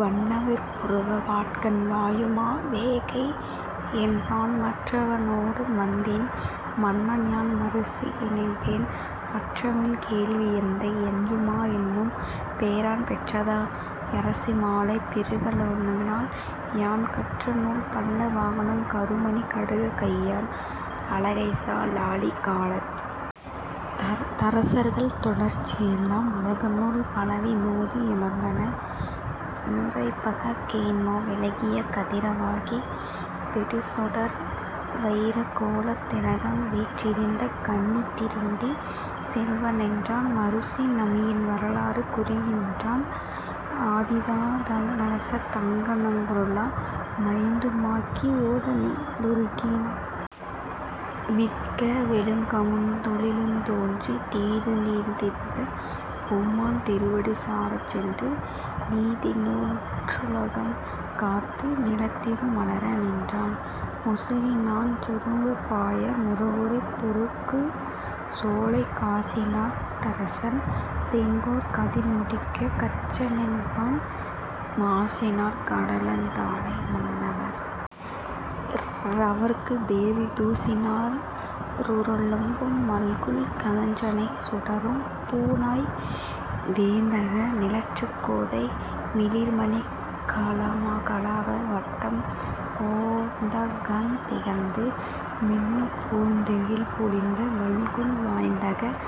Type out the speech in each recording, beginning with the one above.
வண்ணவிற் புருவ வாட்கண் வாயுமா வேகை யென்பான் மற்றவ ளோடும் வந்தேன் மன்னன்யான் மருசி யென்பேன் அற்றமில் கேள்வி யெந்தை யஞ்சுமா னென்னும் பேரான் பெற்றதா யருசி மாலை பெருமக னருளினால் யான் கற்றநூல் பல்ல வாகுங் கருமணிக் கடகக் கையான் அலகைசா லாதி காலத் தரசர்கள் தொடர்ச்சி யெல்லாம் உலகநூல் பலவு மோதி யுணர்ந்தன னுரைப்பக் கேண்மோ விலகிய கதிர வாகி விடுசுடர் வயிரக் கோலத் திலகம்வீற் றிருந்த கண்ணித் திருமுடிச் செல்வ என்றான் மருசி நமியின் வரலாறு கூறுகின்றான் ஆதிநா ளரசர் தங்க ளருங்குல மைந்து மாக்கி ஓதநீ ருலகின் மிக்க வொழுக்கமுந் தொழிலுந் தோற்றித் தீதுதீர்ந் திருந்த பெம்மான் திருவடி சாரச் சென்று நீதி நூற் றுலகம் காத்து நிலத்திரு மலர நின்றான் முசிநாச் சுரும்பு பாய முருகுடைத் துருக்குஞ் சோலைக் காசிநாட் டரசன் செங்கோற் கதிர்முடிக் கச்ச னென்பான் மாசினாற் கடலந் தானை மன்னவற் றவற்குத் தேவி தூசினாற் றுளும்பு மல்குல் சுதஞ்சனை சுடரும் பூணாய் வேய்ந்தக நிழற்றுங் கோதை மிளிர்மணிக் கலாப வட்டம் போந்தகந் திகழ்ந்து மின்னுப் பூந்துகில் பொலிந்த வல்குல் வாய்ந்தகங்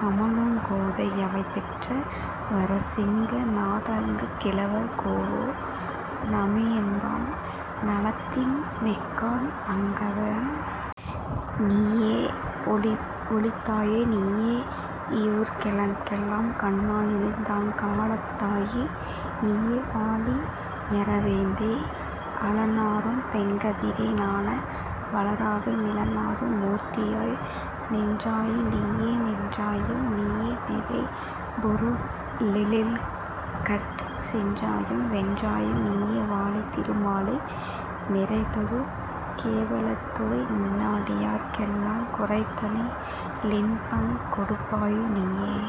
கமழுங் கோதை யவள்பெற்ற வரச சிங்க நாந்தகக் கிழவர் கோவே நமியென்பான் நலத்தின் மிக்கான் அங்கவ நீயே ஒளித்தாயு நீயே யுயிர்க்கெலாங் கண்ணா யளித்தாயுங் காத்தாயு நீயேவாழி யறவேந்தே அழனாறும் வெங்கதிரோ னாண வலராது நிழனாறு மூர்த்தியாய் நின்றாயு நீயே நின்றாயு நீயே நிறைபொரு ளெல்லைக்கட் சென்றாயும் வென்றாயு நீயேவாழி திருமாலே நிறைதரு கேவலத்தோய் நின்னடியார்க் கெல்லாங் குறைதலி லின்பங் கொடுப்பயு நீயே